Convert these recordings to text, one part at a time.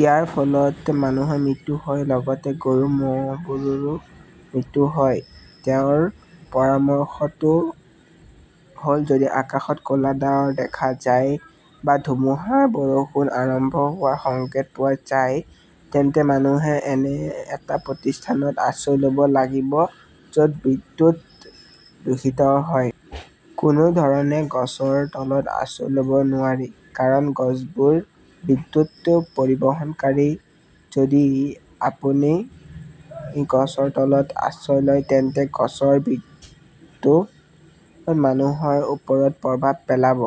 ইয়াৰ ফলত মানুহৰ মৃত্যু হয়, লগতে গৰু-ম'হবোৰৰো মৃত্যু হয়। "তেওঁৰ পৰামৰ্শটো হ'ল ", যদি আকাশত ক'লা ডাৱৰ দেখা যায় বা ধুমুহাৰ বৰষুণ আৰম্ভ হোৱাৰ সংকেত পোৱা যায়, তেন্তে মানুহে এনে এটা প্ৰতিষ্ঠানত আশ্ৰয় ল'ব লাগিব য'ত বিদ্যুৎ দূষিত হয়। কোনো ধৰণে গছৰ তলত আশ্ৰয় ল'ব নোৱাৰি। কাৰণ গছবোৰ বিদ্যুৎ পৰিবহণকাৰী। যদি আপুনি গছৰ তলত আশ্ৰয় লয় তেন্তে গছৰ বিদ্যুৎ মানুহৰ ওপৰত প্ৰভাৱ পেলাব।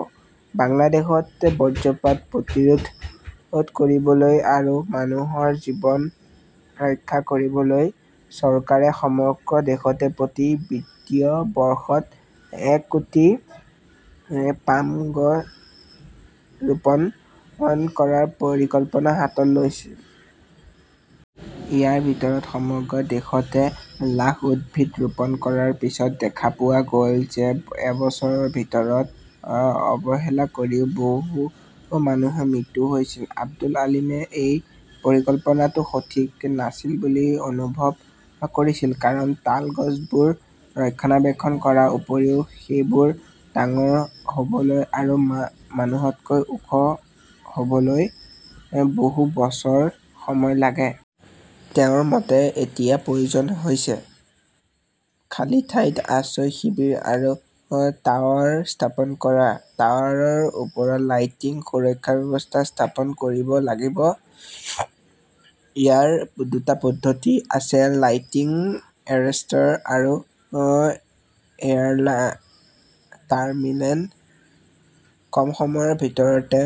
"বাংলাদেশত বজ্ৰপাত প্ৰতিৰোধ কৰিবলৈ আৰু মানুহৰ জীৱন ৰক্ষা কৰিবলৈ চৰকাৰে সমগ্ৰ দেশতে প্ৰতি বিত্তীয় বৰ্ষত এক কোটি পাম গছ ৰোপণ কৰাৰ পৰিকল্পনা হাতত লৈছিল।" ইয়াৰ ভিতৰত, সমগ্ৰ দেশতে লাখ উদ্ভিদ ৰোপণ কৰাৰ পিছত দেখা পোৱা গ'ল যে এবছৰৰ ভিতৰত অৱহেলা কৰিও বহু মানুহৰ মৃত্যু হৈছিল। আব্দুল আলিমে এই পৰিকল্পনাটো সঠিক নাছিল বুলি অনুভৱ কৰিছিল। কাৰণ তাল গছবোৰ ৰক্ষণাবেক্ষণ কৰাৰ উপৰিও সেইবোৰ ডাঙৰ হ'বলৈ আৰু মানুহতকৈ ওখ হ'বলৈ বহু বছৰ সময় লাগে। তেওঁৰ মতে এতিয়া প্ৰয়োজন হৈছে, "খালী ঠাইত আশ্ৰয় শিবিৰ আৰু টাৱাৰ স্থাপন কৰা। টাৱাৰৰ ওপৰত লাইটিং সুৰক্ষা ব্যৱস্থা স্থাপন কৰিব লাগিব। ইয়াৰ দুটা পদ্ধতি আছে লাইটিং এৰেষ্টাৰ আৰু এয়াৰ টাৰ্মিনেল। কম সময়ৰ ভিতৰতে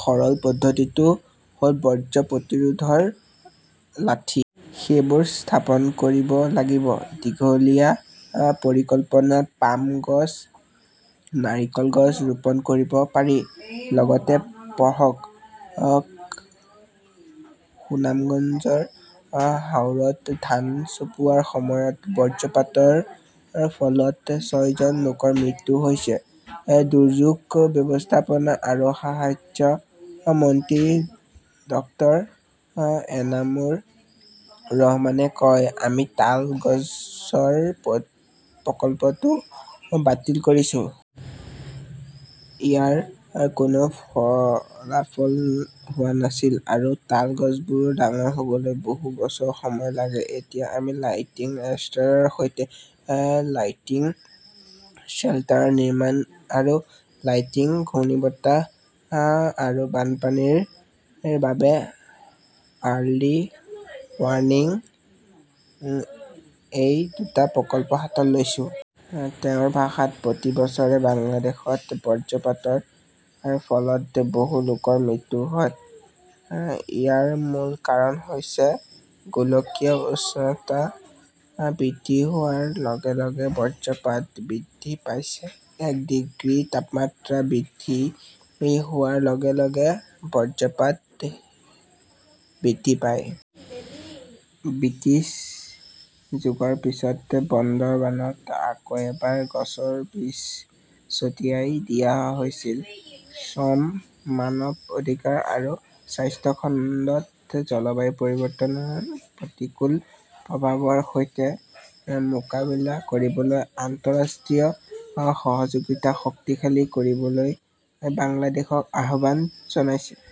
সৰল পদ্ধতিটো হ'ল বজ্ৰ প্ৰতিৰোধৰ লাঠি। সেইবোৰ স্থাপন কৰিব লাগিব। দীঘলীয়া পৰিকল্পনাত পাম গছ, নাৰিকল গছ ৰোপণ কৰিব পাৰি। লগতে পঢ়কঃ সুনামগঞ্জৰ হাওৰত ধান চপোৱাৰ সময়ত বজ্ৰপাতৰ ফলত ছয়জন লোকৰ মৃত্যু হৈছে, দুৰ্যোগ ব্যৱস্থাপনা আৰু সাহায্য মন্ত্ৰী ড. এনামুৰ ৰহমানে কয়, "আমি তাল গছৰ প্ৰকল্পটো বাতিল কৰিছো। ইয়াৰ কোনো ফলাফল হোৱা নাছিল আৰু তাল গছবোৰ ডাঙৰ হ'বলৈ বহু বছৰ সময় লাগে। এতিয়া আমি লাইটিং এৰেষ্টাৰৰ সৈতে লাইটিং শ্বেল্টাৰ নিৰ্মাণ আৰু লাইটিং, ঘূৰ্ণীবতাহ আৰু বানপানীৰ বাবে আৰ্লি ৱাৰ্ণিং-এই দুটা প্ৰকল্প হাতত লৈছো। "তেওঁৰ ভাষাত," প্ৰতি বছৰে বাংলাদেশত বজ্ৰপাতৰ ফলত বহু লোকৰ মৃত্যু হয়। ইয়াৰ মূল কাৰণ হৈছে গোলকীয় উষ্ণতা বৃদ্ধি হোৱাৰ লগে লগে বজ্ৰপাত বৃদ্ধি পাইছে। এক ডিগ্ৰী তাপমাত্ৰা বৃদ্ধি হোৱাৰ লগে লগে বজ্ৰপাত বৃদ্ধি পায়। " ব্ৰিটিছ যুগৰ পিছত বন্দৰবানত আকৌ এবাৰ গছৰ বীজ ছটিয়াই দিয়া হৈছিল। শ্ৰম, মানৱ অধিকাৰ আৰু স্বাস্থ্য খণ্ডত জলবায়ু পৰিৱৰ্তনৰ প্ৰতিকূল প্ৰভাৱৰ সৈতে মোকাবিলা কৰিবলৈ আন্তঃৰাষ্ট্ৰীয় সহযোগিতা শক্তিশালী কৰিবলৈ বাংলাদেশক আহ্বান জনাইছে।